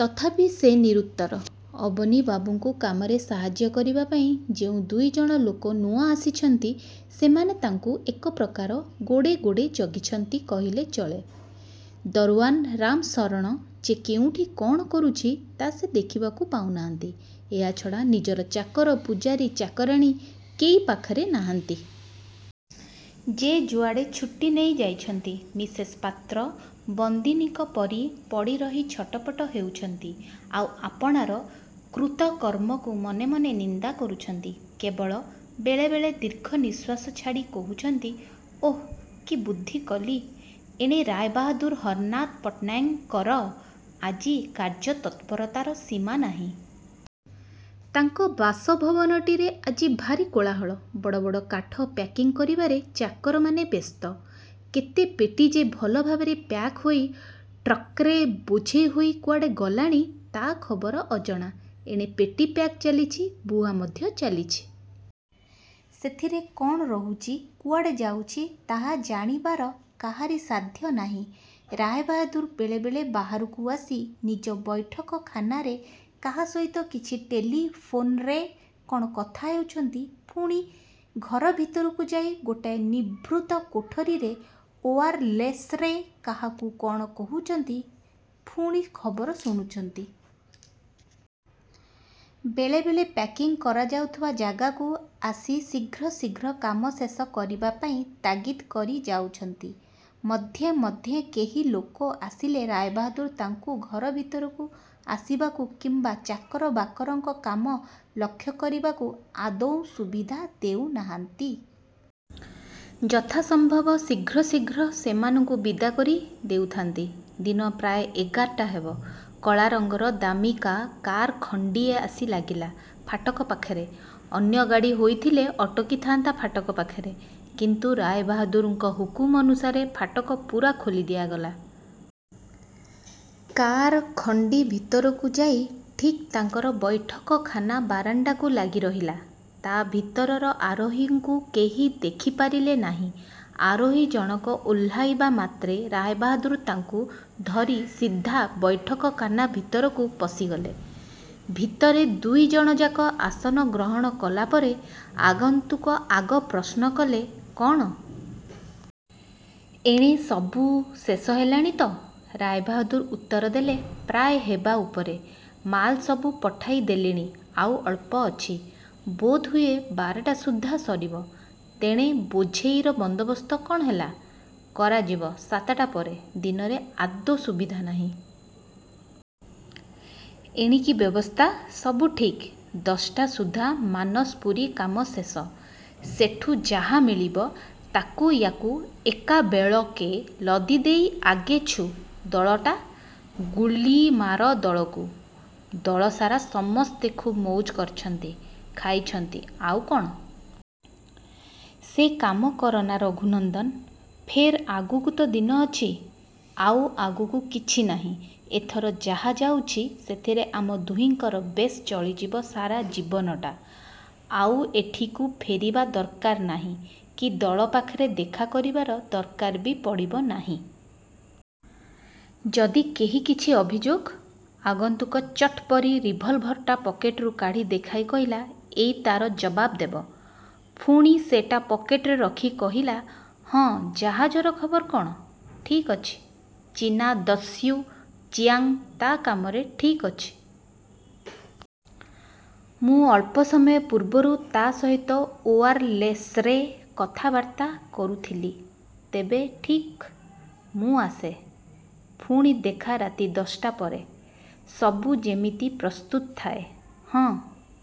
ତଥାପି ସେ ନିରୁତ୍ତର। ଅବନୀବାବୁଙ୍କୁ କାମରେ ସାହାଯ୍ୟ କରିବାପାଇଁ ଯେଉଁ ଦୁଇଜଣ ଲୋକ ନୂଆ ଆସିଛନ୍ତି, ସେମାନେ ତାଙ୍କୁ ଏକପ୍ରକାର ଗୋଡ଼େ ଗୋଡ଼େ ଜଗିଛନ୍ତି କହିଲେ ଚଳେ। ଦରଓ୍ୱାନ୍ ରାମଶରଣ ଯେ କେଉଁଠି କ'ଣ କରୁଛି ତା' ସେ ଦେଖିବାକୁ ପାଉ ନାହାନ୍ତି। ଏହା ଛଡ଼ା ନିଜର ଚାକର, ପୁଝାରୀ, ଚାକରାଣୀ କେହି ପାଖରେ ନାହାନ୍ତି। ଯେ ଯୁଆଡ଼େ ଛୁଟି ନେଇ ଯାଇଛନ୍ତି। ମିସେସ୍ ପାତ୍ର ବନ୍ଦିନୀଙ୍କ ପରି ପଡ଼ିରହି ଛଟ ପଟ ହେଉଛନ୍ତି, ଆଉ ଆପଣାର କୃତକର୍ମକୁ ମନେ ମନେ ନିନ୍ଦା କରୁଛନ୍ତି; କେବଳ ବେଳେ ବେଳେ ଦୀର୍ଘ ନିଃଶ୍ୱାସ ଛାଡ଼ି କହୁଛନ୍ତି-''ଓଃ! କି ବୁଦ୍ଧି କଲି-! '' ଏଣେ ରାୟବାହାଦୂର ହରନାଥ ପଟ୍ଟନାୟକଙ୍କର ଆଜି କାର୍ଯ୍ୟ ତତ୍ପରତାର ସୀମା ନାହିଁ-। ତାଙ୍କ ବାସଭବନଟିରେ ଆଜି ଭାରି କୋଳାହଳ। ବଡ଼ ବଡ଼ କାଠ ପ୍ୟାକିଂ କରିବାରେ ଚାକରମାନେ ବ୍ୟସ୍ତ। କେତେ ପେଟି ଯେ ଭଲ ଭାବରେ ପ୍ୟାକ୍ ହୋଇ ଟ୍ରକ୍ରେ ବୋଝେଇ ହୋଇ କୁଆଡ଼େ ଗଲାଣି ତା' ଖବର ଅଜଣା। ଏଣେ ପେଟି ପ୍ୟାକ୍ ଚାଲିଛି, ବୁହା ମଧ୍ୟ ଚାଲିଛି। ସେଥିରେ କ'ଣ ରହୁଛି, କୁଆଡ଼େ ଯାଉଛି, ତାହା ଜାଣିବାର କାହାରି ସାଧ୍ୟ ନାହିଁ। ରାୟବାହାଦୂର ବେଳେ ବେଳେ ବାହାରକୁ ଆସି ନିଜ ବୈଠକଖାନାରେ କାହା ସହିତ କିଛି ଟେଲି ଫୋନ୍ରେ କ'ଣ କଥାବାର୍ତ୍ତା ହେଉଛନ୍ତି, ପୁଣି ଘର ଭିତରକୁ ଯାଇ ଗୋଟାଏ ନିଭୃତ କୋଠରୀରେ ଓୟାରଲେସ୍ରେ କାହାକୁ କ'ଣ କହୁଛନ୍ତି, ପୁଣି ଖବର ଶୁଣୁଛନ୍ତି। ବେଳେ ବେଳେ ପ୍ୟାକିଂ କରାଯାଉଥିବା ଯାଗାକୁ ଆସି ଶୀଘ୍ର ଶୀଘ୍ର କାମ ଶେଷ କରିବାପାଇଁ ତାଗିଦ୍ କରି ଯାଉଛନ୍ତି। ମଧ୍ୟେ ମଧ୍ୟେ କେହି ଲୋକ ଆସିଲେ ରାୟବାହାଦୂର ତାଙ୍କୁ ଘର ଭିତରକୁ ଆସିବାକୁ କିମ୍ବା ଚାକର ବାକରଙ୍କ କାମ ଲକ୍ଷ୍ୟ କରିବାକୁ ଆଦୌ ସୁବିଧା ଦେଉ ନାହାନ୍ତି। ଯଥା ସମ୍ଭବ ଶୀଘ୍ର ଶୀଘ୍ର ସେମାନଙ୍କୁ ବିଦା କରି ଦେଉଥାନ୍ତି। ଦିନ ପ୍ରାୟ ଏଗାରଟା ହେବ, କଳାରଙ୍ଗର ଦାମିକା କାର୍ ଖଣ୍ଡିଏ ଆସି ଲାଗିଲା ଫାଟକ ପାଖରେ। ଅନ୍ୟ ଗାଡ଼ି ହୋଇଥିଲେ ଅଟକିଥାନ୍ତା ଫାଟକ ପାଖରେ, କିନ୍ତୁ ରାୟବାହାଦୂରଙ୍କ ହୁକୁମ ଅନୁସାରେ ଫାଟକ ପୂରା ଖୋଲି ଦିଆଗଲା। କାର୍ ଖଣ୍ଡି ଭିତରକୁ ଯାଇ ଠିକ୍ ତାଙ୍କର ବୈଠକଖାନା ବାରଣ୍ଡାକୁ ଲାଗି ରହିଲା। ତା' ଭିତରର ଆରୋହୀକୁ କେହି ଦେଖି ପାରିଲେ ନାହିଁ। ଆରୋହୀ ଜଣକ ଓହ୍ଲାଇବା ମାତ୍ରେ ରାୟବାହାଦୂର ତାକୁ ଧରି ସିଧା ବୈଠକ ଖାନା ଭିତରକୁ ପଶିଗଲେ। ଭିତରେ ଦୁଇଜଣଯାକ ଆସନଗ୍ରହଣ କଲାପରେ ଆଗନ୍ତୁକ ଆଗ ପ୍ରଶ୍ନ କଲେ-''କ'ଣ-? ଏଣେ ସବୁ ଶେଷ ହେଲାଣି ତ? '' ରାୟବାହାଦୂର ଉତ୍ତର ଦେଲେ-''ପ୍ରାୟ ହେବା ଉପରେ। ମାଲ ସବୁ ପଠାଇ ଦେଲିଣି, ଆଉ ଅଳ୍ପ ଅଛି। ବୋଧହୁଏ ବାରଟା ସୁଦ୍ଧା ସରିବ। ତେଣେ ବୋଝେଇର ବନ୍ଦୋବସ୍ତ କ'ଣ ହେଲା-? '' ''କରାଯିବ ସାତଟା ପରେ। ଦିନରେ ଆଦୌ ସୁବିଧା ନୁହେଁ। '' ''ଏଣିକି ବ୍ୟବସ୍ଥା? '' ''ସବୁ ଠିକ୍! ଦଶଟା ସୁଦ୍ଧା ମାନସପୁରୀ କାମ ଶେଷ। ସେଠୁ ଯାହା ମିଳିବ, ତାକୁ ୟାକୁ ଏକାବେଳକେ ଲଦି ଦେଇ ଆଗେ ଛୁ। '' ''ଦଳଟା? '' ''ଗୁଲି ମାର ଦଳକୁ। ଦଳସାରା ସମସ୍ତେ ଖୁବ୍ ମଉଜ କରିଛନ୍ତି, ଖାଇଛନ୍ତି, ଆଉ କ'ଣ-? '' ''ସେ କାମ କରନା ରଘୁନନ୍ଦନ! ଫେର୍ ଆଗକୁ ତ ଦିନ ଅଛି? '' ''ଆଉ ଆଗକୁ କିଛି ନାହିଁ। ଏଥର ଯାହା ଯାଉଛି ସେଥିରେ ଆମ ଦୁହିଙ୍କର ବେଶ୍ ଚଳିଯିବ ସାରା ଜୀବନଟା। ଆଉ ଏଠିକୁ ଫେରିବା ଦରକାର ନାହିଁ କି ଦଳ ପାଖରେ ଦେଖା କରିବାର ଦରକାର ବି ପଡ଼ିବ ନାହିଁ। '' ''ଯଦି କେହି କିଛି ଅଭିଯୋଗ? '' ଆଗନ୍ତୁକ ଚଟ୍ ପରି ରିଭଲଭରଟା ପକେଟରୁ କାଢ଼ି ଦେଖାଇ କହିଲା-''ଏଇ ତା'ର ଜବାବ ଦେବ। '' ପୁଣି ସେଟା ପକେଟରେ ରଖି କହିଲା-''ହଁ, ଜାହାଜର ଖବର କ'ଣ? '' ''ଠିକ୍ ଅଛି? ଚୀନା ଦସ୍ୟୁ ଚିୟାଂ ତା'କାମରେ ଠିକ୍ ଅଛି। ମୁଁ ଅଳ୍ପ ସମୟ ପୂର୍ବରୁ ତା' ସହିତ ଓୟାରଲେସ୍ରେ କଥାବାର୍ତ୍ତା କରୁଥିଲି। ''ତେବେ ଠିକ୍! ମୁଁ ଆସେ। ପୁଣି ଦେଖା ରାତି ଦଶଟା ପରେ। ସବୁ ଯେମିତି ପ୍ରସ୍ତୁତ ଥାଏ। ହଁ,।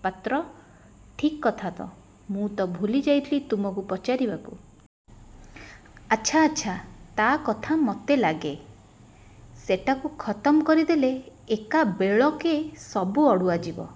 ପାତ୍ର? '' ''ଠିକ୍ କଥା ତ! ମୁଁ ତ ଭୁଲି ଯାଇଥିଲି ତୁମକୁ ପଚାରିବାକୁ। '' ''ଆଚ୍ଛା, ଆଚ୍ଛା; ତା' କଥା ମୋତେ ଲାଗେ। ସେଟାକୁ ଖତମ୍ କରିଦେଲେ ଏକାବେଳକେ ସବୁ ଅଡ଼ୁଆ ଯିବ।